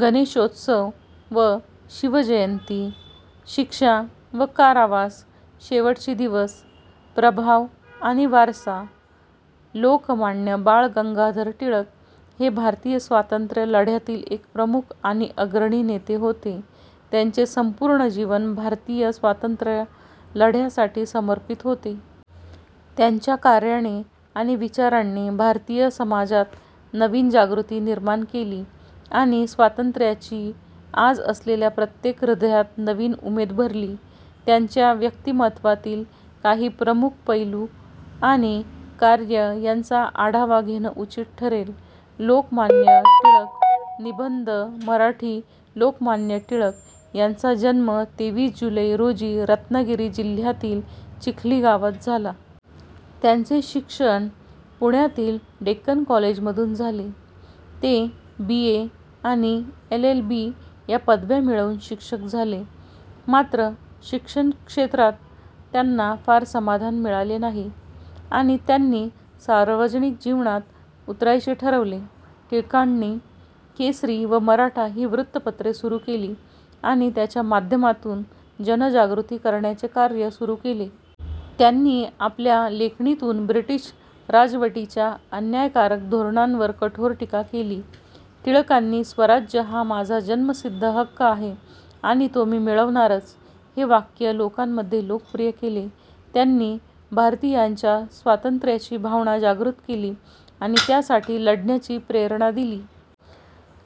गणेशोत्सव व शिवजयंती, शिक्षा व कारावास, शेवटचे दिवस, प्रभाव आणि वारसा, लोकमान्य बाळ गंगाधर टिळक हे भारतीय स्वातंत्र्य लढ्यातील एक प्रमुख आणि अग्रणी नेते होते. त्यांचे संपूर्ण जीवन भारतीय स्वातंत्र्य लढ्यासाठी समर्पित होते. त्यांच्या कार्याने आणि विचारांनी भारतीय समाजात नवीन जागृती निर्माण केली आणि स्वातंत्र्याची आच असलेल्या प्रत्येक हृदयात नवी उमेद भरली. त्यांच्या व्यक्तिमत्त्वातील काही प्रमुख पैलू आणि कार्य यांचा आढावा घेणे उचित ठरेल. लोकमान्य टिळक निबंध मराठी, लोकमान्य टिळक यांचा जन्म तेवीस जुलै रोजी रत्नागिरी जिल्ह्यातील चिखली गावात झाला. त्यांचे शिक्षण पुण्यातील डेक्कन कॉलेजमधून झाले. ते बी. ए. आणि एल. एल. बी. या पदव्या मिळवून शिक्षक झाले. मात्र, शिक्षणक्षेत्रात त्यांना फार समाधान मिळाले नाही आणि त्यांनी सार्वजनिक जीवनात उतरायचे ठरवले. टिळकांनी केसरी व मराठा ही वृत्तपत्रे सुरू केली आणि त्यांच्या माध्यमातून जनजागृती करण्याचे कार्य सुरू केले. त्यांनी आपल्या लेखणीतून ब्रिटिश राजवटीच्या अन्यायकारक धोरणांवर कठोर टीका केली. टिळकांनी स्वराज्य हा माझा जन्मसिद्ध हक्क आहे आणि तो मी मिळवणारच हे वाक्य लोकांमध्ये लोकप्रिय केले. त्यांनी भारतीयांच्या स्वातंत्र्याची भावना जागृत केली आणि त्यासाठी लढण्याची प्रेरणा दिली.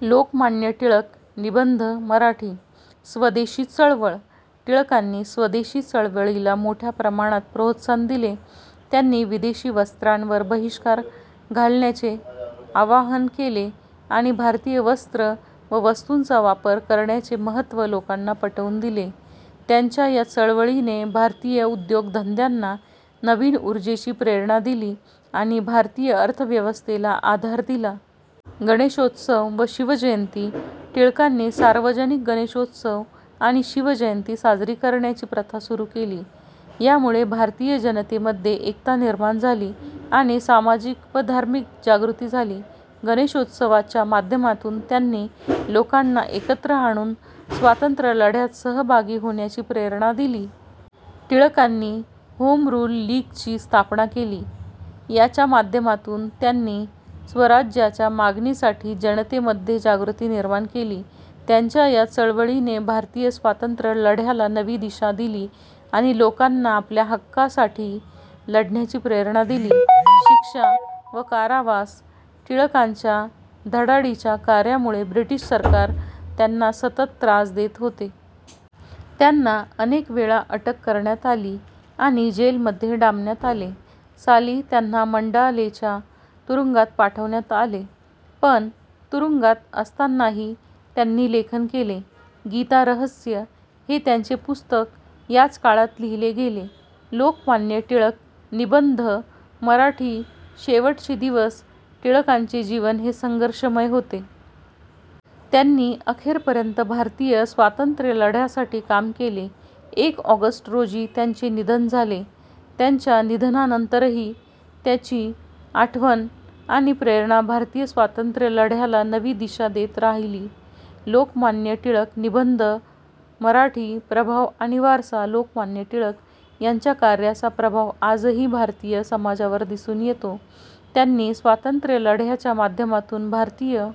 लोकमान्य टिळक निबंध मराठी, स्वदेशी चळवळ, टिळकांनी स्वदेशी चळवळीला मोठ्या प्रमाणात प्रोत्साहन दिले. त्यांनी विदेशी वस्त्रांवर बहिष्कार घालण्याचे आवाहन केले आणि भारतीय वस्त्र व वस्तूंचा वापर करण्याचे महत्त्व लोकांना पटवून दिले. त्यांच्या या चळवळीने भारतीय उद्योगधंद्यांना नवीन ऊर्जेची प्रेरणा दिली आणि भारतीय अर्थव्यवस्थेला आधार दिला. गणेशोत्सव व शिवजयंती, टिळकांनी सार्वजनिक गणेशोत्सव आणि शिवजयंती साजरी करण्याची प्रथा सुरू केली. यामुळे भारतीय जनतेमध्ये एकता निर्माण झाली आणि सामाजिक व धार्मिक जागृती झाली. गणेशोत्सवाच्या माध्यमातून त्यांनी लोकांना एकत्र आणून स्वातंत्र्यलढ्यात सहभागी होण्याची प्रेरणा दिली. टिळकांनी होमरूल लीगची स्थापना केली. याच्या माध्यमातून त्यांनी स्वराज्याच्या मागणीसाठी जनतेमध्ये जागृती निर्माण केली. त्यांच्या या चळवळीने भारतीय स्वातंत्र्यलढ्याला नवी दिशा दिली आणि लोकांना आपल्या हक्कांसाठी लढण्याची प्रेरणा दिली. शिक्षा व कारावास, टिळकांच्या धडाडीच्या कार्यामुळे ब्रिटिश सरकार त्यांना सतत त्रास देत होते. त्यांना अनेक वेळा अटक करण्यात आली आणि जेलमध्ये डांबण्यात आले. साली त्यांना मंडालेच्या तुरुंगात पाठवण्यात आले. पण तुरुंगात असतानाही त्यांनी लेखन केले. गीता रहस्य हे त्यांचे पुस्तक याच काळात लिहिले गेले. लोकमान्य टिळक निबंध मराठी, शेवटचे दिवस, टिळकांचे जीवन हे संघर्षमय होते. त्यांनी अखेरपर्यंत भारतीय स्वातंत्र्यलढ्यासाठी काम केले. एक ऑगस्ट रोजी त्यांचे निधन झाले. त्यांच्या निधनानंतरही त्यांची आठवण आणि प्रेरणा भारतीय स्वातंत्र्यलढ्याला नवी दिशा देत राहिली. लोकमान्य टिळक निबंध मराठी, प्रभाव आणि वारसा, लोकमान्य टिळक यांच्या कार्याचा प्रभाव आजही भारतीय समाजावर दिसून येतो. त्यांनी स्वातंत्र्यलढ्याच्या माध्यमातून भारतीय